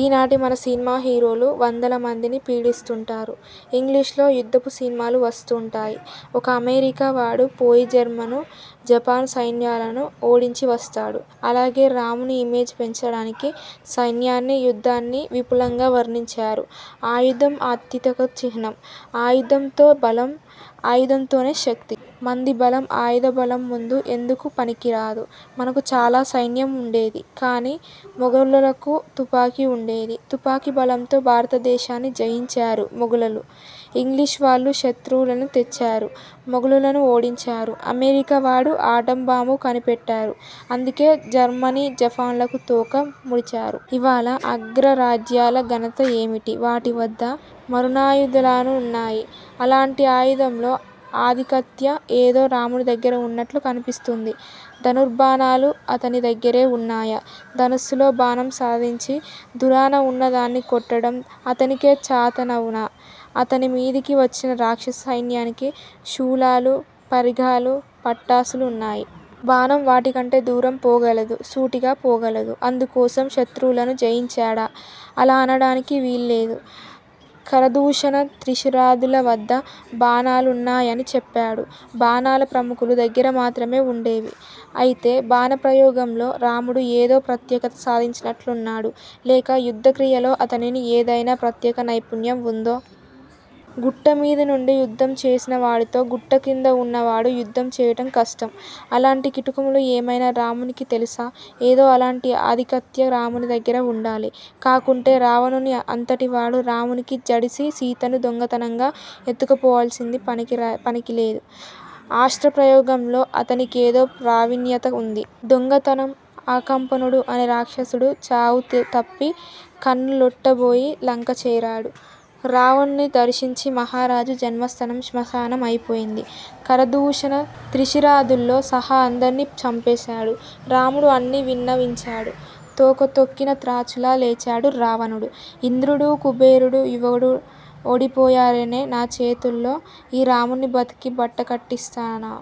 ఈనాటి మన సినిమా హీరోలు వందలమందిని పీడిస్తుంటారు. ఇంగ్లీషులో యుద్ధపు సినిమాలు వస్తుంటాయి. ఒక్క అమెరికా వాడు పోయి జర్మను జపాను సైన్యాలను ఓడించి వస్తాడు. అలాగే రాముని ఇమేజ్ పెంచడానికి సైన్యాన్ని యుద్ధాన్ని విపులంగా వర్ణించారు. ఆయుధం ఆధిక్యతకు చిహ్నం. ఆయుధంతో బలం. ఆయుధంతోనే శక్తి. మంది బలం ఆయుధ బలం ముందు ఎందుకూ పనికిరాదు. మనకు చాల సైన్యం ఉండేది. కాని మొగలులకు తుపాకి ఉండేది. తుపాకి బలంతో భారతదేశాన్ని జయించారు మొగలులు. ఇంగ్లీషువాళ్ళు శత్రువులను తెచ్చారు. మొగలులను ఓడించారు. అమెరికా వాడు ఆటంబాంబు కనిపెట్టాడు. అందుకే జర్మనీ, జపానులు తోక ముడిచారు. ఇవ్వాళ అగ్రరాజ్యాల ఘనత ఏమిటి? వాటివద్ద మారణాయుధాలున్నాయి. అలాంటి ఆయుధంలో ఆధిక్యత ఏదో రాముని దగ్గర ఉన్నట్లు కనిపిస్తుంది. ధనుర్బాణాలు అతని దగ్గరే ఉన్నాయా? ధనస్సులో బాణం సంధించి దూరాన ఉన్నదాన్ని కొట్టడం అతనికే చాతనవునా? అతని మీదికి వచ్చిన రాక్షస సైన్యానికి శూలాలు, పరిఘలు, పట్టసాలు ఉన్నాయి. బాణం వాటి కంటే దూరం పోగలదు. సూటిగా పోగలదు. అందుకోసం శత్రువులను జయించాడా? అలా అనడానికి వీల్లేదు. ఖరదూషణ త్రిశిరాదుల వద్ద బాణాలున్నాయని చెప్పాడు. బాణాలు ప్రముఖుల దగ్గర మాత్రమే ఉండేవి. అయితే బాణ ప్రయోగంలో రాముడు ఏదో ప్రత్యేకత సాధించినట్లున్నాడు. లేక యుద్ధ క్రియలో అతనిని ఏదయినా ప్రత్యేక నైపుణ్యం ఉందో? గుట్టమీద నుండి యుద్ధం చేసేవాడితో గుట్ట క్రింద వున్నవాడు యుద్ధం చేయడం కష్టం. అలాంటి కిటుకులు ఏమైనా రామునికి తెలుసా? ఏదో అలాంటి ఆధిక్యత రాముని దగ్గర ఉండాలి. కాకుంటే రావణుని అంతటివాడు రామునికి జడిసి సీతను దొంగతనంగా ఎత్తుకుపోవాల్సిన పనికిలేదు. అస్త్ర ప్రయోగంలో అతనికేదో ప్రావీణ్యత ఉంది. దొంగతనం: అకంపనుడు, అనే రాక్షసుడు చావుతప్పి కన్ను లొట్టబోయి లంక చేరాడు. రావణుణ్ణి దర్శించి మహారాజా! జన్మస్థానం శ్మశానం అయిపోయింది. ఖరదూషణ త్రిశిరాదుల్తో సహా అందర్నీ చంపేశాడు రాముడు అని విన్నవించాడు. తోక తొక్కిన త్రాచులా లేచాడు రావణుడు. ఇంద్రుడు, కుబేరుడూ, యముడూ ఓడిపోయారే నా చేతుల్లో, ఈ రాముణ్ణి బతికి బట్టకటిస్స్తానా?